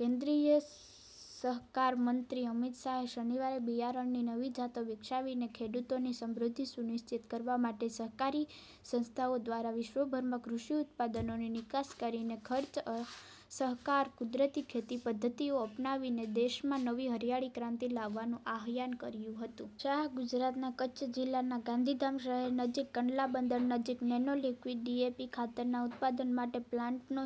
કેન્દ્રીય સહકાર મંત્રી અમિત શાહે શનિવારે બિયારણની નવી જાતો વિકસાવીને, ખેડૂતોની સમૃદ્ધિ સુનિશ્ચિત કરવા માટે સહકારી સંસ્થાઓ દ્વારા વિશ્વભરમાં કૃષિ ઉત્પાદનોની નિકાસ કરીને, ખર્ચ અસરકારક કુદરતી ખેતી પદ્ધતિઓ અપનાવીને દેશમાં નવી હરિયાળી ક્રાંતિ લાવવાનું આહ્વાન કર્યું હતું. શાહ ગુજરાતના કચ્છ જિલ્લાના ગાંધીધામ શહેર નજીક કંડલા બંદર નજીક નેનો લિક્વિડ ડીએપી ખાતરના ઉત્પાદન માટેના પ્લાન્ટનો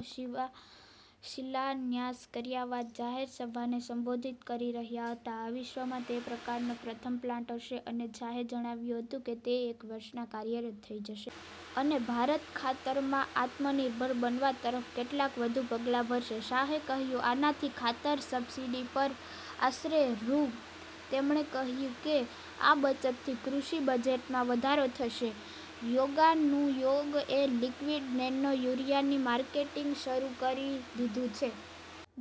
શિલાન્યાસ કર્યા બાદ જાહેર સભાને સંબોધિત કરી રહ્યા હતા. આ વિશ્વમાં તેના પ્રકારનો પ્રથમ પ્લાન્ટ હશે અને શાહે જણાવ્યું હતું કે, તે એક વર્ષમાં કાર્યરત થઈ જશે. અને ભારત ખાતરમાં આત્મનિર્ભર બનવા તરફ કેટલાક વધુ પગલાં ભરશે. શાહે કહ્યું, "આનાથી ખાતર સબસિડી પર આશરે રૂ. " તેમણે કહ્યું કે, આ બચતથી કૃષિ બજેટમાં વધારો થશે. યોગાનુયોગ, એ લિક્વિડ નેનો યુરિયાનું માર્કેટિંગ શરૂ કરી દીધું છે.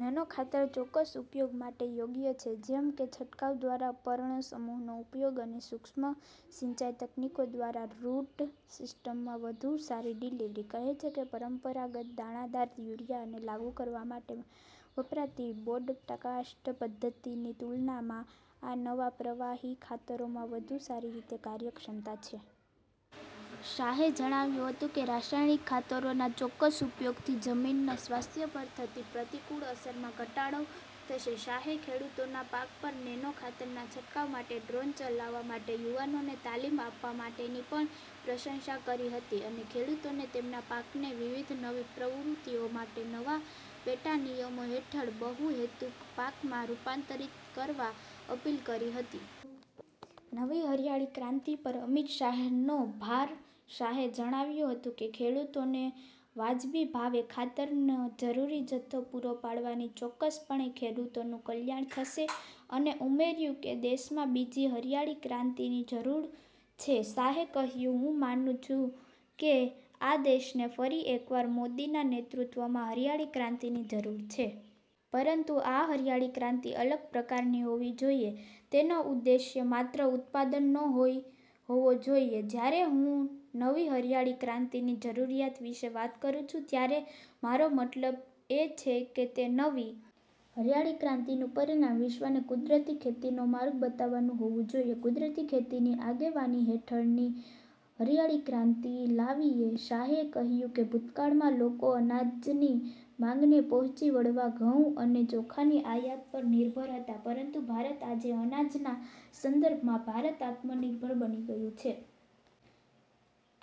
નેનો ખાતર ચોક્કસ ઉપયોગ માટે યોગ્ય છે, જેમ કે છંટકાવ દ્વારા પર્ણસમૂહનો ઉપયોગ અને સૂક્ષ્મ-સિંચાઈ તકનીકો દ્વારા રુટ-સિસ્ટમમાં વધુ સારી ડિલિવરી. કહે છે કે, પરંપરાગત દાણાદાર યુરિયા અને લાગુ કરવા માટે વપરાતી બ્રોડકાસ્ટ પદ્ધતિની તુલનામાં આ નવા પ્રવાહી ખાતરોમાં વધુ સારી રીતે કાર્યક્ષમતા છે. શાહે જણાવ્યું હતું કે, રાસાયણિક ખાતરોના ચોક્કસ ઉપયોગથી જમીનના સ્વાસ્થ્ય પર થતી પ્રતિકૂળ અસરમાં પણ ઘટાડો થશે. શાહે ખેડૂતોના પાક પર નેનો ખાતરના છંટકાવ માટે ડ્રોન ચલાવવા માટે યુવાનોને તાલીમ આપવા માટે ની પણ પ્રશંસા કરી હતી અને ખેડૂતોને તેમના પાકને વિવિધ નવી પ્રવૃત્તિઓ માટે નવા પેટા-નિયમો હેઠળ બહુહેતુક પાકમાં રૂપાંતરિત કરવા અપીલ કરી હતી. નવી હરિયાળી ક્રાંતિ પર અમિત શાહનો ભાર શાહે જણાવ્યું હતું કે, ખેડૂતોને "વાજબી" ભાવે ખાતરનો જરૂરી જથ્થો પૂરો પાડવાથી ચોક્કસપણે ખેડૂતોનું કલ્યાણ થશે અને ઉમેર્યું કે, દેશમાં બીજી હરિયાળી ક્રાંતિની જરૂર છે. શાહે કહ્યું, "હું માનું છું કે આ દેશને ફરી એકવાર મોદીના નેતૃત્વમાં હરિયાળી ક્રાંતિની જરૂર છે. પરંતુ આ હરિયાળી ક્રાંતિ અલગ પ્રકારની હોવી જોઈએ. તેનો ઉદ્દેશ્ય માત્ર ઉત્પાદન ન હોવો જોઈએ. જ્યારે હું નવી હરિયાળી ક્રાંતિની જરૂરિયાત વિશે વાત કરું છું, ત્યારે મારો મતલબ એ છે કે, તે નવી હરિયાળી ક્રાંતિનું પરિમાણ વિશ્વને કુદરતી ખેતીનો માર્ગ બતાવવાનું હોવું જોઈએ – કુદરતી ખેતીની આગેવાની હેઠળની હરિયાળી ક્રાંતિ લાવીએ" શાહે કહ્યું કે, ભૂતકાળમાં, લોકો અનાજની માંગને પહોંચી વળવા ઘઉં અને ચોખાની આયાત પર નિર્ભર હતા, પરંતુ ભારત આજે અનાજના સંદર્ભમાં ભારત "આત્મનિર્ભર" બની ગયું છે.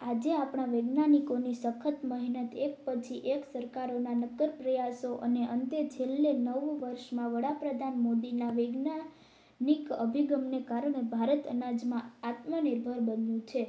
"આજે, આપણા વૈજ્ઞાનિકોની સખત મહેનત, એક પછી એક સરકારોના નક્કર પ્રયાસો અને અંતે, છેલ્લા નવ વર્ષમાં વડાપ્રધાન મોદીના વૈજ્ઞાનિક અભિગમને કારણે, ભારત અનાજમાં આત્મનિર્ભર બન્યું છે.